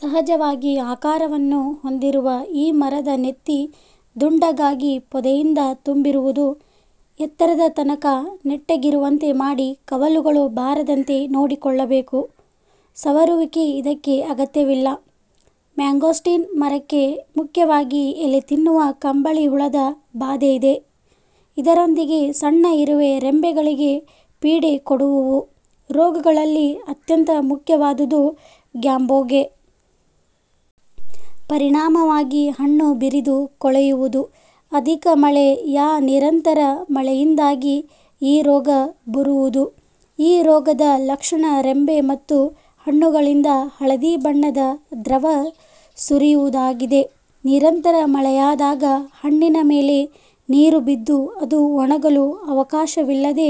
ಸಹಜವಾಗಿ ಆಕಾರವನ್ನು ಹೊಂದಿರುವ ಈ ಮರದ ನೆತ್ತಿ ದುಂಡಗಾಗಿ ಪೊದೆಯಿಂದ ತುಂಬಿರುವುದು. ಎತ್ತರದ ತನಕ ನೆಟ್ಟಗಿರುವಂತೆ ಮಾಡಿ ಕವಲುಗಳು ಬಾರದಂತೆ ನೋಡಿಕೊಳ್ಳಬೇಕು. ಸವರುವಿಕೆ ಇದಕ್ಕೆ ಅಗತ್ಯವಿಲ್ಲ. ಮ್ಯಾಂಗೋಸ್ಟಿನ್ ಮರಕ್ಕೆ ಮುಖ್ಯವಾಗಿ ಎಲೆ ತಿನ್ನುವ ಕಂಬಳಿ ಹುಳದ ಬಾಧೆಯಿದೆ. ಇದರೊಂದಿಗೆ ಸಣ್ಣ ಇರುವೆ ರೆಂಬೆಗಳಿಗೆ ಪೀಡೆಕೊಡುವುವು. ರೋಗಗಳಲ್ಲಿ ಅತ್ಯಂತ ಮುಖ್ಯವಾದುದು "ಗ್ಯಾಂಬೋಗೆ". ಪರಿಣಾಮವಾಗಿ ಹಣ್ಣು ಬಿರಿದು ಕೊಳೆಯುವುದು. ಅಧಿಕ ಮಳೆ ಯಾ ನಿರಂತರ ಮಳೆಯಿಂದಾಗಿ ಈ ರೋಗ ಬುರುವುದು. ಈ ರೋಗದ ಲಕ್ಷಣ ರೆಂಬೆ ಮತ್ತು ಹಣ್ಣುಗಳಿಂದ ಹಳದಿ ಬಣ್ಣದ ದ್ರವ ಸುರಿಯುವುದಾಗಿದೆ. ನಿರಂತರ ಮಳೆಯಾದಾಗ ಹಣ್ಣಿನ ಮೇಲೆ ನೀರು ಬಿದ್ದು, ಅದು ಒಣಗಲು ಅವಕಾಶವಿಲ್ಲದೆ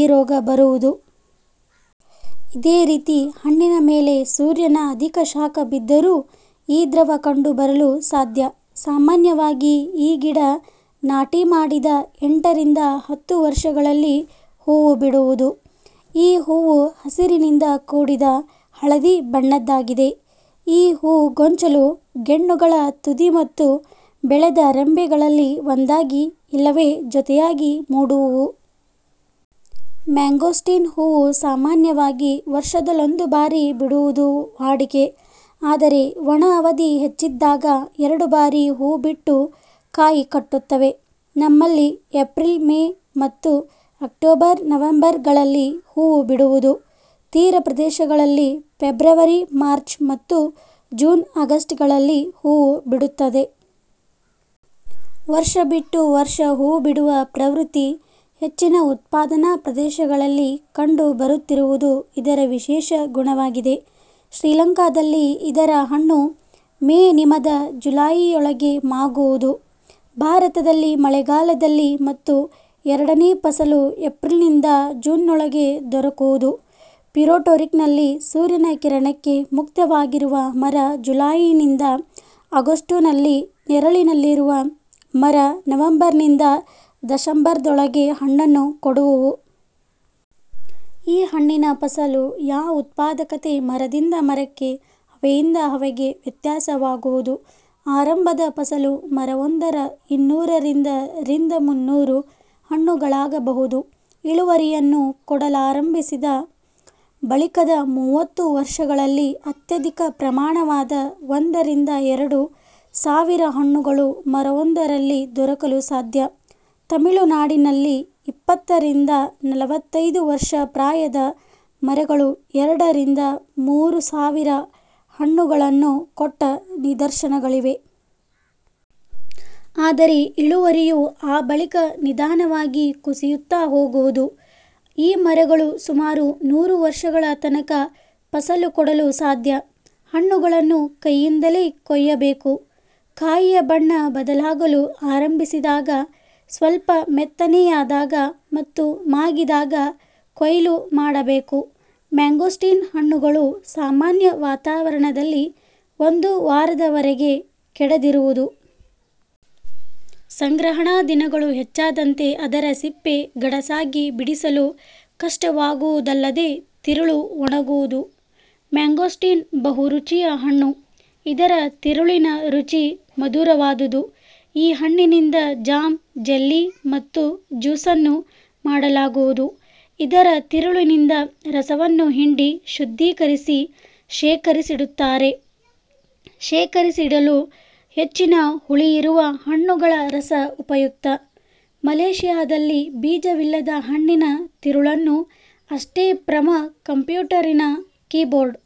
ಈ ರೋಗ ಬರುವುದು. ಇದೇ ರೀತಿ ಹಣ್ಣಿನ ಮೇಲೆ ಸೂರ್ಯನ ಅಧಿಕ ಶಾಖ ಬಿದ್ದರೂ ಈ ದ್ರವ ಕಂಡು ಬರಲು ಸಾಧ್ಯ. ಸಾಮಾನ್ಯವಾಗಿ ಈ ಗಿಡ ನಾಟಿ ಮಾಡಿದ ಎಂಟ ರಿಂದ ಹತ್ತು ವರ್ಷಗಳಲ್ಲಿ ಹೂವು ಬಿಡುವುದು. ಈ ಹೂವು ಹಸಿರಿನಿಂದ ಕೂಡಿದ ಹಳದಿ ಬಣ್ಣದ್ದಾಗಿದೆ ಈ ಹೂ ಗೊಂಚಲು ಗೆಣ್ಣುಗಳ ತುದಿ ಮತ್ತು ಬೆಳೆದ ರೆಂಬೆಗಳಲ್ಲಿ ಒಂದಾಗಿ ಇಲ್ಲವೆ ಜೊತೆಯಾಗಿ ಮೂಡುವುವು. ಮ್ಯಾಂಗೋಸ್ಟಿನ್ನ ಹೂವು ಸಾಮಾನ್ಯವಾಗಿ ವರ್ಷದಲ್ಲೊಂದು ಬಾರಿ ಬಿಡುವುದು ವಾಡಿಕೆ, ಆದರೆ, ಒಣ ಅವಧಿ ಹೆಚ್ಚಿದ್ದಾಗ ಎರಡು ಬಾರಿ ಹೂವು ಬಿಟ್ಟು ಕಾಯಿ ಕಟ್ಟುತ್ತವೆ. ನಮ್ಮಲ್ಲಿ ಏಪ್ರಿಲ್ – ಮೇ ಮತ್ತು ಅಕ್ಟೋಬರ್ – ನವಂಬರ್ ಗಳಲ್ಲಿ ಹೂವು ಬಿಡುವುದು. ತೀರ ಪ್ರದೇಶಗಳಲ್ಲಿ ಫೆಬ್ರವರಿ-ಮಾರ್ಚ್ ಮತ್ತು ಜೂನ್ -ಆಗಸ್ಟ್ಗಳಲ್ಲಿ ಹೂವು ಬಿಡುತ್ತದೆ. ವರ್ಷ ಬಿಟ್ಟು ವರ್ಷ ಹೂವು ಬಿಡುವ ಪ್ರವೃತ್ತಿ ಹೆಚ್ಚಿನ ಉತ್ಪಾದನಾ ಪ್ರದೇಶಗಳಲ್ಲಿ ಕಂಡು ಬರುತ್ತಿರುವುದು ಇದರ ವಿಶೇಷ ಗುಣವಾಗಿದೆ. ಶ್ರೀಲಂಕಾದಲ್ಲಿ ಇದರ ಹಣ್ಣು ಮೇ ನಿಮದ ಜುಲಾಯಿಯೊಳಗೆ ಮಾಗುವುದು. ಭಾರತದಲ್ಲಿ ಮಳೆಗಾಲದಲ್ಲಿ ಮತ್ತು ಎರಡನೆ ಫಸಲು ಏಪ್ರಿಲ್ನಿಂದ ಜೂನ್ನೊಳಗೆ ದೊರಕುವುದು. ಪ್ಯುರೆಟೋರಿಕನ್ನಲ್ಲಿ ಸೂರ್ಯನ ಕಿರಣಕ್ಕೆ ಮುಕ್ತವಾಗಿರುವ ಮರ ಜುಲಾಯಿನಿಂದ ಅಗೋಸ್ಟುನಲ್ಲಿ ನೆರಳಲ್ಲಿರುವ ಮರ ನವಂಬರಿನಿಂದ ದಶಂಬರದೊಳಗೆ ಹಣ್ಣನ್ನು ಕೊಡುವುವು. ಈ ಹಣ್ಣಿನ ಫಸಲು ಯಾ ಉತ್ಪಾದಕತೆ ಮರದಿಂದ ಮರಕ್ಕೆ, ಹವೆಯಿಂದ ಹವೆಗೆ ವ್ಯತ್ಯಾಸವಾಗುವುದು. ಆರಂಭದ ಫಸಲು ಮರವೊಂದರ ಇನ್ನೂರರಿಂದ ರಿಂದ ಮುನ್ನೂರು ಹಣ್ಣುಗಳಾಗಬಹುದು. ಇಳುವರಿಯನ್ನು ಕೊಡಲಾರಂಭಿಸಿದ ಬಳಿಕದ ಮೂವತ್ತು ವರ್ಷಗಳಲ್ಲಿ ಅತ್ಯಧಿಕ ಪ್ರಮಾಣವಾದ ಒಂದ ರಿಂದ ಎರಡು ಸಾವಿರ ಹಣ್ಣುಗಳು ಮರವೊಂದರಲ್ಲಿ ದೊರಕಲು ಸಾಧ್ಯ. ತಮಿಳುನಾಡಿನಲ್ಲಿಇಪ್ಪತ್ತ ರಿಂದ ನಲವತ್ತೈದು ವರ್ಷ ಪ್ರಾಯದ ಮರಗಳು ಎರಡ ರಿಂದ ಮೂರು ಸಾವಿರ ಹಣ್ನುಗಳನ್ನು ಕೊಟ್ಟ ನಿದರ್ಶನಗಳಿವೆ. ಆದರೆ ಇಳುವರಿಯು ಆ ಬಳಿಕ ನಿಧಾನವಾಗಿ ಕುಸಿಯುತ್ತಾ ಹೋಗುವುದು. ಈ ಮರಗಳು ಸುಮಾರು ನೂರು ವರ್ಷಗಳ ತನಕ ಫಸಲು ಕೊಡಲು ಸಾಧ್ಯ. ಹಣ್ಣುಗಳನ್ನು ಕೈಯಿಂದಲೇ ಕೊಯ್ಯಬೇಕು. ಕಾಯಿಯ ಬಣ್ಣ ಬದಲಾಗಲು ಆರಂಭಿಸಿದಾಗ, ಸ್ವಲ್ಪ ಮೆತ್ತನೆಯಾದಾಗ ಮತ್ತು ಮಾಗಿದಾಗ ಕೊಯ್ಲು ಮಾಡಬೇಕು. ಮ್ಯಾಂಗೋಸ್ಟಿನ್ ಹಣ್ಣುಗಳು ಸಾಮಾನ್ಯ ವಾತಾವರಣದಲ್ಲಿ ಒಂದು ವಾರದವರೆಗೆ ಕೆಡದಿರುವುದು. ಸಂಗ್ರಹಣಾ ದಿನಗಳು ಹೆಚ್ಚಾದಂತೆ ಅದರ ಸಿಪ್ಪೆ ಗಡಸಾಗಿ ಬಿಡಿಸಲು ಕಷ್ಟವಾಗುವುದಲ್ಲದೆ ತಿರುಳು ಒಣಗುವುದು. ಮ್ಯಾಂಗೋಸ್ಟಿನ್ ಬಹುರುಚಿಯ ಹಣ್ಣು. ಇದರ ತಿರುಳಿನ ರುಚಿ ಮಧುರವಾದುದು. ಈ ಹಣ್ಣಿನಿಂದ ಜಾಮ್, ಜೆಲ್ಲಿ ಮತ್ತು ಜ್ಯೂಸನ್ನು ಮಾಡಲಾಗುವುದು. ಇದರ ತಿರುಳಿನಿಂದ ರಸವನ್ನು ಹಿಂಡಿ ಶುದ್ಧೀಕರಿಸಿ ಶೇಖರಿಸಿಡುತ್ತಾರೆ. ಶೇಖರಿಸಿಡಲು ಹೆಚ್ಚಿನ ಹುಳಿಯಿರುವ ಹಣ್ಣುಗಳ ರಸ ಉಪಯುಕ್ತ. ಮಲೇಶಿಯಾದಲ್ಲಿ ಬೀಜವಿಲ್ಲದ ಹಣ್ಣಿನ ತಿರುಳನ್ನು ಅಷ್ಟೇ ಪ್ರಮ ಕಂಪ್ಯೂಟರಿನ ಕೀಬೋರ್ಡ್